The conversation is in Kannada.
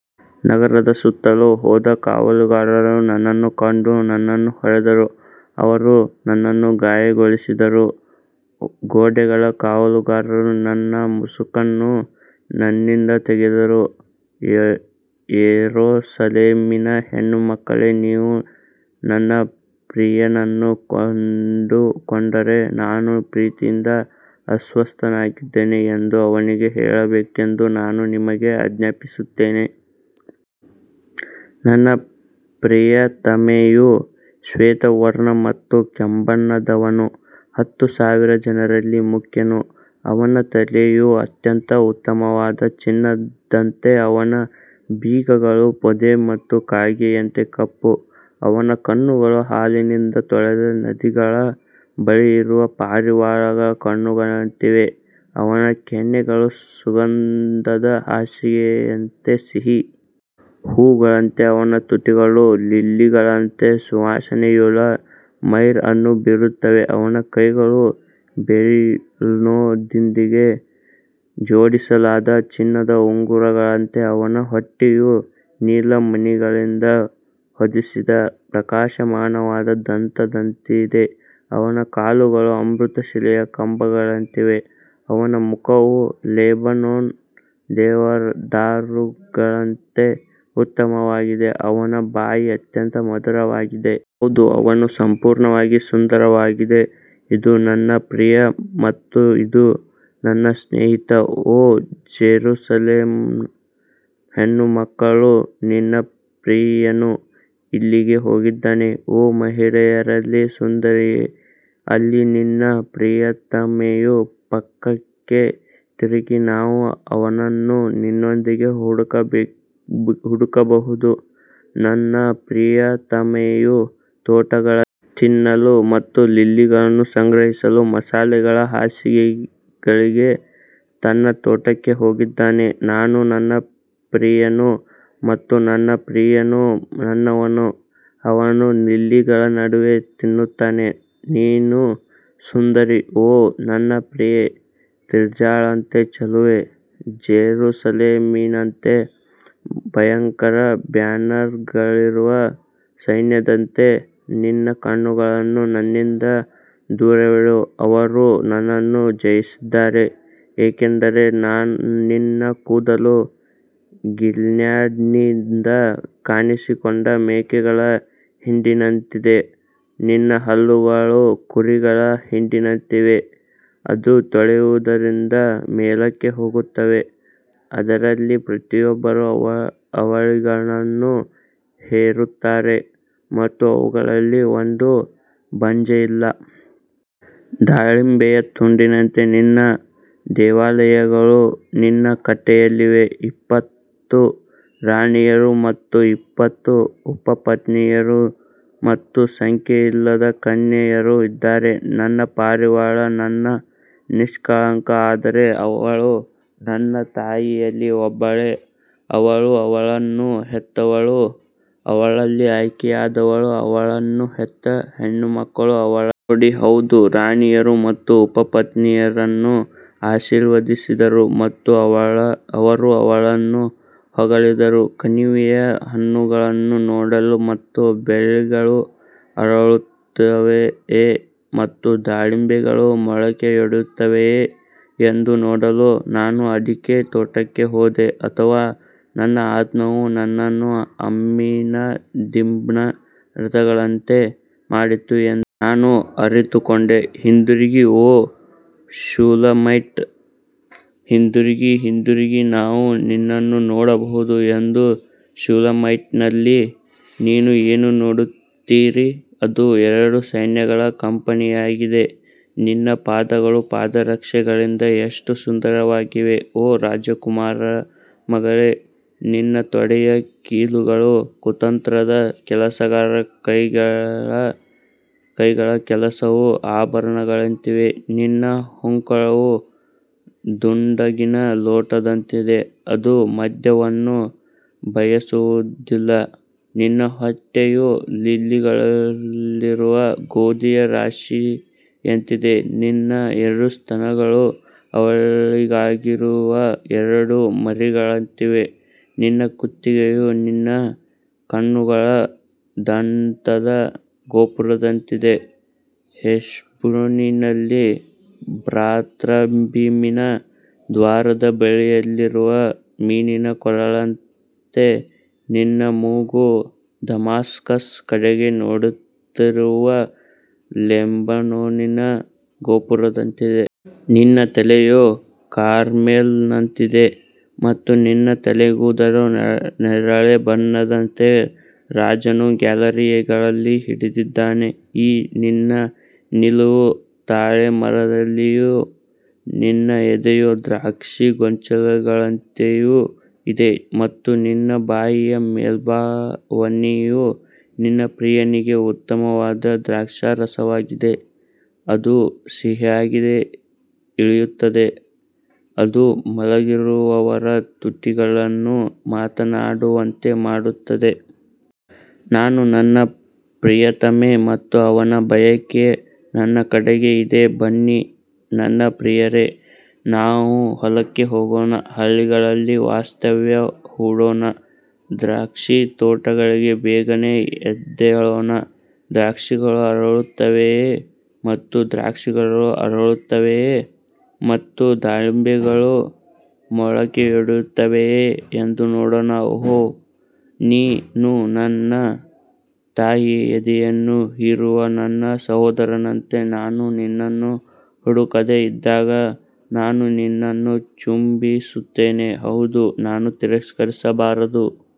ನಗರದ ಸುತ್ತಲೂ ಹೋದ ಕಾವಲುಗಾರರು ನನ್ನನ್ನು ಕಂಡು ನನ್ನನ್ನು ಹೊಡೆದರು ಅವರು ನನ್ನನ್ನು ಗಾಯಗೊಳಿಸಿದರು ಗೋಡೆಗಳ ಕಾವಲುಗಾರರು ನನ್ನ ಮುಸುಕನ್ನು ನನ್ನಿಂದ ತೆಗೆದರು ಯೆರೂಸಲೇಮಿನ ಹೆಣ್ಣು ಮಕ್ಕಳೇ, ನೀವು ನನ್ನ ಪ್ರಿಯನನ್ನು ಕಂಡುಕೊಂಡರೆ ನಾನು ಪ್ರೀತಿಯಿಂದ ಅಸ್ವಸ್ಥನಾಗಿದ್ದೇನೆ ಎಂದು ಅವನಿಗೆ ಹೇಳಬೇಕೆಂದು ನಾನು ನಿಮಗೆ ಆಜ್ಞಾಪಿಸುತ್ತೇನೆ. ನನ್ನ ಪ್ರಿಯತಮೆಯು ಶ್ವೇತವರ್ಣ ಮತ್ತು ಕೆಂಬಣ್ಣದವನು ಹತ್ತು ಸಾವಿರ ಜನರಲ್ಲಿ ಮುಖ್ಯನು ಅವನ ತಲೆಯು ಅತ್ಯಂತ ಉತ್ತಮವಾದ ಚಿನ್ನದಂತೆ ಅವನ ಬೀಗಗಳು ಪೊದೆ ಮತ್ತು ಕಾಗೆಯಂತೆ ಕಪ್ಪು ಅವನ ಕಣ್ಣುಗಳು ಹಾಲಿನಿಂದ ತೊಳೆದ ನದಿಗಳ ಬಳಿಯಿರುವ ಪಾರಿವಾಳಗಳ ಕಣ್ಣುಗಳಂತಿವೆ ಅವನ ಕೆನ್ನೆಗಳು ಸುಗಂಧದ ಹಾಸಿಗೆಯಂತೆ ಸಿಹಿ ಹೂವುಗಳಂತೆ ಅವನ ತುಟಿಗಳು ಲಿಲ್ಲಿಗಳಂತೆ ಸುವಾಸನೆಯುಳ್ಳ ಮೈರ್ ಅನ್ನು ಬಿಡುತ್ತವೆ ಅವನ ಕೈಗಳು ಬೆರಿಲ್ನೊಂದಿಗೆ ಜೋಡಿಸಲಾದ ಚಿನ್ನದ ಉಂಗುರಗಳಂತೆ ಅವನ ಹೊಟ್ಟೆಯು ನೀಲಮಣಿಗಳಿಂದ ಹೊದಿಸಿದ ಪ್ರಕಾಶಮಾನವಾದ ದಂತದಂತಿದೆ ಅವನ ಕಾಲುಗಳು ಅಮೃತಶಿಲೆಯ ಕಂಬಗಳಂತಿವೆ, ಅವನ ಮುಖವು ಲೆಬನೋನ್ ದೇವದಾರುಗಳಂತೆ ಉತ್ತಮವಾಗಿದೆ ಅವನ ಬಾಯಿ ಅತ್ಯಂತ ಮಧುರವಾಗಿದೆ ಹೌದು ಅವನು ಸಂಪೂರ್ಣವಾಗಿ ಸುಂದರವಾಗಿದೆ ಇದು ನನ್ನ ಪ್ರಿಯ ಮತ್ತು ಇದು ನನ್ನ ಸ್ನೇಹಿತ ಓ ಜೆರುಸಲೆಮ್ನ ಹೆಣ್ಣುಮಕ್ಕಳು ನಿನ್ನ ಪ್ರಿಯನು ಎಲ್ಲಿಗೆ ಹೋಗಿದ್ದಾನೆ ಓ ಮಹಿಳೆಯರಲ್ಲಿ ಸುಂದರಿಯೇ, ಅಲ್ಲಿ ನಿನ್ನ ಪ್ರಿಯತಮೆಯು ಪಕ್ಕಕ್ಕೆ ತಿರುಗಿ ನಾವು ಅವನನ್ನು ನಿನ್ನೊಂದಿಗೆ ಹುಡುಕಬಹುದು ನನ್ನ ಪ್ರಿಯತಮೆಯು ತೋಟಗಳಲ್ಲಿ ತಿನ್ನಲು ಮತ್ತು ಲಿಲ್ಲಿಗಳನ್ನು ಸಂಗ್ರಹಿಸಲು ಮಸಾಲೆಗಳ ಹಾಸಿಗೆಗಳಿಗೆ ತನ್ನ ತೋಟಕ್ಕೆ ಹೋಗಿದ್ದಾನೆ ನಾನು ನನ್ನ ಪ್ರಿಯನು ಮತ್ತು ನನ್ನ ಪ್ರಿಯನು ನನ್ನವನು ಅವನು ಲಿಲ್ಲಿಗಳ ನಡುವೆ ತಿನ್ನುತ್ತಾನೆ ನೀನು ಸುಂದರಿ ಓ ನನ್ನ ಪ್ರಿಯೆ ತಿರ್ಜಾಳಂತೆ ಚೆಲುವೆ ಜೆರುಸಲೇಮಿನಂತೆ ಭಯಂಕರ ಬ್ಯಾನರ್ಗಳಿರುವ ಸೈನ್ಯದಂತೆ ನಿನ್ನ ಕಣ್ಣುಗಳನ್ನು ನನ್ನಿಂದ ದೂರವಿಡು ಅವರು ನನ್ನನ್ನು ಜಯಿಸಿದ್ದಾರೆ ಏಕೆಂದರೆ ನಿನ್ನ ಕೂದಲು ಗಿಲ್ಯಾದ್ನಿಂದ ಕಾಣಿಸಿಕೊಂಡ ಮೇಕೆಗಳ ಹಿಂಡಿನಂತಿದೆ ನಿನ್ನ ಹಲ್ಲುಗಳು ಕುರಿಗಳ ಹಿಂಡಿನಂತಿವೆ, ಅದು ತೊಳೆಯುವುದರಿಂದ ಮೇಲಕ್ಕೆ ಹೋಗುತ್ತದೆ, ಅದರಲ್ಲಿ ಪ್ರತಿಯೊಬ್ಬರೂ ಅವಳಿಗಳನ್ನು ಹೆರುತ್ತಾರೆ ಮತ್ತು ಅವುಗಳಲ್ಲಿ ಒಂದು ಬಂಜೆಯಿಲ್ಲ. ದಾಳಿಂಬೆಯ ತುಂಡಿನಂತೆ ನಿನ್ನ ದೇವಾಲಯಗಳು ನಿನ್ನ ಕಟ್ಟೆಗಳಲ್ಲಿವೆ ಎಪ್ಪತ್ತು ರಾಣಿಯರು ಮತ್ತು ಎಪ್ಪತ್ತು ಉಪಪತ್ನಿಯರು ಮತ್ತು ಸಂಖ್ಯೆಯಿಲ್ಲದ ಕನ್ಯೆಯರು ಇದ್ದಾರೆ ನನ್ನ ಪಾರಿವಾಳ ನನ್ನ ನಿಷ್ಕಳಂಕ ಆದರೆ ಅವಳು ತನ್ನ ತಾಯಿಯಲ್ಲಿ ಒಬ್ಬಳೇ ಅವಳು ಅವಳನ್ನು ಹೆತ್ತವಳು ಅವಳಲ್ಲಿ ಆಯ್ಕೆಯಾದವಳು ಅವಳನ್ನು ಹೆತ್ತ ಹೆಣ್ಣುಮಕ್ಕಳು ಅವಳನ್ನು ನೋಡಿ ಹೌದು ರಾಣಿಯರು ಮತ್ತು ಉಪಪತ್ನಿಯರನ್ನು ಆಶೀರ್ವದಿಸಿದರು ಮತ್ತು ಅವರು ಅವಳನ್ನು ಹೊಗಳಿದರು ಕಣಿವೆಯ ಹಣ್ಣುಗಳನ್ನು ನೋಡಲು ಮತ್ತು ಬಳ್ಳಿಗಳು ಅರಳುತ್ತವೆಯೇ ಮತ್ತು ದಾಳಿಂಬೆಗಳು ಮೊಳಕೆಯೊಡೆಯುತ್ತವೆಯೇ ಎಂದು ನೋಡಲು ನಾನು ಅಡಿಕೆ ತೋಟಕ್ಕೆ ಹೋದೆ ಅಥವಾ ನನ್ನ ಆತ್ಮವು ನನ್ನನ್ನು ಅಮ್ಮಿನದಿಬ್ನ ರಥಗಳಂತೆ ಮಾಡಿತು ಎಂದು ನಾನು ಅರಿತುಕೊಂಡೆ ಹಿಂತಿರುಗಿ ಓ ಶೂಲಮೈಟ್ ಹಿಂತಿರುಗಿ ಹಿಂತಿರುಗಿ ನಾವು ನಿನ್ನನ್ನು ನೋಡಬಹುದು ಎಂದು ಶೂಲಮೈಟ್ನಲ್ಲಿ ನೀವು ಏನು ನೋಡುತ್ತೀರಿ ಅದು ಎರಡು ಸೈನ್ಯಗಳ ಕಂಪನಿಯಾಗಿದೆ ನಿನ್ನ ಪಾದಗಳು ಪಾದರಕ್ಷೆಗಳಿಂದ ಎಷ್ಟು ಸುಂದರವಾಗಿವೆ ಓ ರಾಜಕುಮಾರ ಮಗಳೇ, ನಿನ್ನ ತೊಡೆಯ ಕೀಲುಗಳು ಕುತಂತ್ರದ ಕೆಲಸಗಾರನ ಕೈಗಳ ಕೆಲಸವು ಆಭರಣಗಳಂತಿವೆ ನಿನ್ನ ಹೊಕ್ಕುಳವು ದುಂಡಗಿನ ಲೋಟದಂತಿದೆ, ಅದು ಮದ್ಯವನ್ನು ಬಯಸುವುದಿಲ್ಲ, ನಿನ್ನ ಹೊಟ್ಟೆಯು ಲಿಲ್ಲಿಗಳಿರುವ ಗೋಧಿಯ ರಾಶಿಯಂತಿದೆ ನಿನ್ನ ಎರಡು ಸ್ತನಗಳು ಅವಳಿಗಳಾಗಿರುವ ಎರಡು ಮರಿಗಳಂತಿವೆ ನಿನ್ನ ಕುತ್ತಿಗೆಯು ನಿನ್ನ ಕಣ್ಣುಗಳ ದಂತದ ಗೋಪುರದಂತಿದೆ, ಹೆಷ್ಬೋನಿನಲ್ಲಿ ಬಾತ್ರಬ್ಬೀಮಿನ ದ್ವಾರದ ಬಳಿಯಲ್ಲಿರುವ ಮೀನಿನ ಕೊಳಗಳಂತೆ ನಿನ್ನ ಮೂಗು ದಮಾಸ್ಕಸ್ ಕಡೆಗೆ ನೋಡುತ್ತಿರುವ ಲೆಬನೋನಿನ ಗೋಪುರದಂತಿದೆ. ನಿನ್ನ ತಲೆಯು ಕಾರ್ಮೆಲ್ನಂತಿದೆ ಮತ್ತು ನಿನ್ನ ತಲೆಯ ಕೂದಲು ನೇರಳೆ ಬಣ್ಣದಂತೆ ರಾಜನು ಗ್ಯಾಲರಿಗಳಲ್ಲಿ ಹಿಡಿದಿದ್ದಾನೆ ಈ ನಿನ್ನ ನಿಲುವು ತಾಳೆ ಮರದಂತೆಯೂ ನಿನ್ನ ಎದೆಯು ದ್ರಾಕ್ಷಿ ಗೊಂಚಲುಗಳಂತೆಯೂ ಇದೆ. ಮತ್ತು ನಿನ್ನ ಬಾಯಿಯ ಮೇಲ್ಛಾವಣಿಯು ನನ್ನ ಪ್ರಿಯನಿಗೆ ಉತ್ತಮವಾದ ದ್ರಾಕ್ಷಾರಸವಾಗಿದೆ, ಅದು ಸಿಹಿಯಾಗಿ ಇಳಿಯುತ್ತದೆ, ಅದು ಮಲಗಿರುವವರ ತುಟಿಗಳನ್ನು ಮಾತನಾಡುವಂತೆ ಮಾಡುತ್ತದೆ. ನಾನು ನನ್ನ ಪ್ರಿಯತಮೆ ಮತ್ತು ಅವನ ಬಯಕೆ ನನ್ನ ಕಡೆಗೆ ಇದೆ ಬನ್ನಿ ನನ್ನ ಪ್ರಿಯರೇ, ನಾವು ಹೊಲಕ್ಕೆ ಹೋಗೋಣ, ಹಳ್ಳಿಗಳಲ್ಲಿ ವಾಸ್ತವ್ಯ ಹೂಡೋಣ ದ್ರಾಕ್ಷಿತೋಟಗಳಿಗೆ ಬೇಗನೆ ಎದ್ದೇಳೋಣ, ದ್ರಾಕ್ಷಿಗಳು ಅರಳುತ್ತವೆಯೇ ಮತ್ತು ದ್ರಾಕ್ಷಿಗಳು ಅರಳುತ್ತವೆಯೇ ಮತ್ತು ದಾಳಿಂಬೆಗಳು ಮೊಳಕೆಯೊಡೆಯುತ್ತವೆಯೇ ಎಂದು ನೋಡೋಣ. ಓಹ್ ನೀನು ನನ್ನ ತಾಯಿಯ ಎದೆಯನ್ನು ಹೀರುವ ನನ್ನ ಸಹೋದರನಂತೆ ನಾನು ನಿನ್ನನ್ನು ಹುಡುಕದೆ ಇದ್ದಾಗ ನಾನು ನಿನ್ನನ್ನು ಚುಂಬಿಸುತ್ತೇನೆ ಹೌದು ನಾನು ತಿರಸ್ಕರಿಸಬಾರದು.